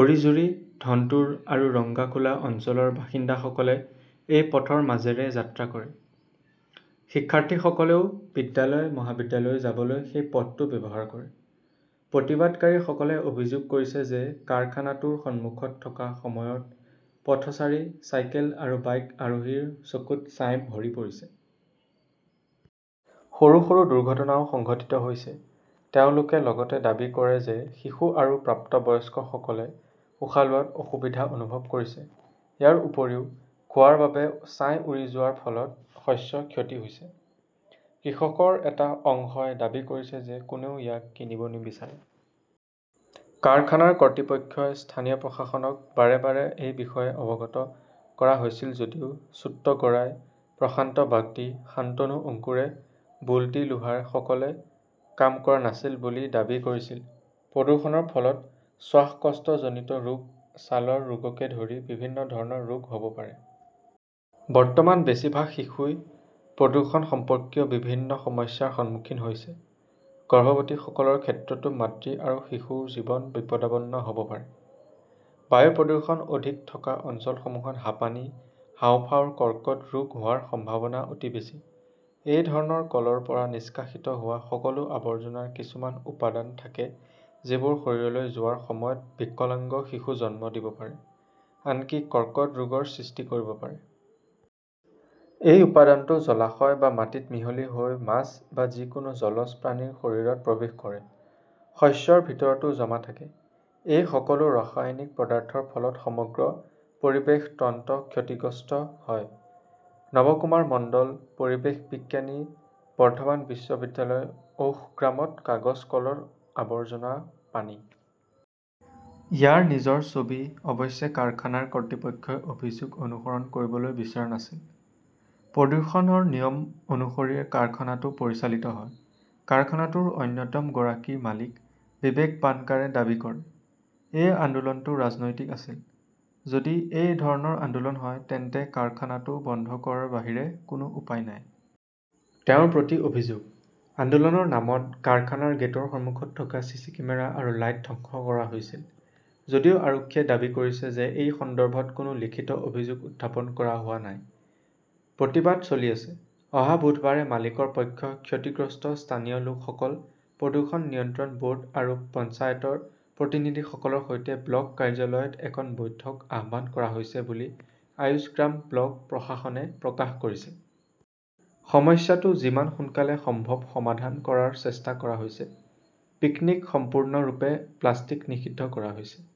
অৰিজুৰী, ধানতোৰ আৰু ৰংগাখুলা অঞ্চলৰ বাসিন্দাসকলে এই পথৰ মাজেৰে যাত্ৰা কৰে। শিক্ষাৰ্থীসকলেও বিদ্যালয়, মহাবিদ্যালয়লৈ যাবলৈ সেই পথটো ব্যৱহাৰ কৰে। প্ৰতিবাদকাৰীসকলে অভিযোগ কৰিছে যে কাৰখানাটোৰ সন্মুখত থকাৰ সময়ত পথচাৰী, চাইকেল আৰু বাইক আৰোহীৰ চকুত ছাই ভৰি পৰিছে। সৰু সৰু দুৰ্ঘটনাও সংঘটিত হৈছে। তেওঁলোকে লগতে দাবী কৰে যে শিশু আৰু প্ৰাপ্তবয়স্কসকলে উশাহ লোৱাত অসুবিধা অনুভৱ কৰিছে। ইয়াৰ উপৰিও, খোৱাৰ বাবে ছাই উৰি যোৱাৰ ফলত শস্যৰ ক্ষতি হৈছে। কৃষকৰ এটা অংশই দাবী কৰিছে যে কোনেও ইয়াক কিনিব নিবিচাৰে। কাৰখানাৰ কৰ্তৃপক্ষ, স্থানীয় প্ৰশাসনক বাৰে বাৰে এই বিষয়ে অৱগত কৰা হৈছিল যদিও ছোট্টু গৰাই, প্ৰশান্ত বাগদী, শন্তানু আঙ্কুৰে, বুল্টি লোহাৰেসকলে কাম কৰা নাছিল বুলি দাবী কৰিছিল। প্ৰদূষণৰ ফলত শ্বাসকষ্টজনিত ৰোগ, ছালৰ ৰোগকে ধৰি বিভিন্ন ধৰণৰ ৰোগ হ'ব পাৰে। বৰ্তমান বেছিভাগ শিশুই প্ৰদূষণ সম্পৰ্কীয় বিভিন্ন সমস্যাৰ সন্মুখীন হৈছে। গৰ্ভৱতীসকলৰ ক্ষেত্ৰতো মাতৃ আৰু শিশুৰ জীৱন বিপদাপন্ন হ'ব পাৰে। বায়ু প্ৰদূষণ অধিক থকা অঞ্চলসমূহত হাঁপানি, হাঁওফাঁওৰ কৰ্কট ৰোগ হোৱাৰ সম্ভাৱনা অতি বেছি। এই ধৰণৰ কলৰ পৰা নিষ্কাশিত হোৱা সকলো আৱৰ্জনাৰ কিছুমান উপাদান থাকে যিবোৰ শৰীৰলৈ যোৱাৰ সময়ত বিকলাঙ্গ শিশু জন্ম দিব পাৰে, আনকি কৰ্কট ৰোগৰ সৃষ্টি কৰিব পাৰে। এই উপাদানটো জলাশয় বা মাটিত মিহলি হৈ মাছ বা যিকোনো জলজ প্ৰাণীৰ শৰীৰত প্ৰৱেশ কৰে। শস্যৰ ভিতৰতো জমা থাকে। এই সকলো ৰাসায়নিক পদাৰ্থৰ ফলত সমগ্ৰ 'পৰিৱেশ তন্ত্ৰ ক্ষতিগ্ৰস্ত হয়'। নবকুমাৰ মণ্ডল, পৰিৱেশ বিজ্ঞানী, বৰ্ধমান বিশ্ববিদ্যালয়ৰ ঔশগ্ৰামত কাগজ কলৰ আৱৰ্জনা পানী। ইয়াৰ নিজৰ ছবি, অৱশ্যে, কাৰখানাৰ কৰ্তৃপক্ষই অভিযোগ অনুসৰণ কৰিবলৈ বিচৰা নাছিল। 'প্ৰদূষণৰ নিয়ম অনুসৰি কাৰখানাটো পৰিচালিত হয়', কাৰখানাটোৰ অন্যতম গৰাকী মালিক বিবেক বানকাৰে দাবী কৰে। এই আন্দোলনটো ৰাজনৈতিক আছিল। যদি এই ধৰণৰ আন্দোলন হয়, তেন্তে কাৰখানাটো বন্ধ কৰাৰ বাহিৰে কোনো উপায় নাই। 'তেওঁৰ প্ৰতি-অভিযোগ' আন্দোলনৰ নামত কাৰখানাৰ গেটৰ সন্মুখত থকা চিচি কেমেৰা আৰু লাইট ধ্বংস কৰা হৈছিল। 'যদিও আৰক্ষীয়ে দাবী কৰিছে যে এই সন্দৰ্ভত কোনো লিখিত অভিযোগ উত্থাপন কৰা হোৱা নাই। প্ৰতিবাদ চলি আছে। অহা বুধবাৰে মালিকৰ পক্ষ, ক্ষতিগ্ৰস্ত স্থানীয় লোকসকল, প্ৰদূষণ নিয়ন্ত্ৰণ ব'ৰ্ড আৰু পঞ্চায়তৰ প্ৰতিনিধিসকলৰ সৈতে ব্লক কাৰ্যালয়ত এখন বৈঠক আহ্বান কৰা হৈছে বুলি আউছগ্ৰাম ব্লক প্ৰশাসনে প্ৰকাশ কৰিছে। সমস্যাটো যিমান সোনকালে সম্ভৱ সমাধান কৰাৰ চেষ্টা কৰা হৈছে। পিকনীক সম্পূৰ্ণৰূপে প্লাষ্টিক নিষিদ্ধ কৰা হৈছে ।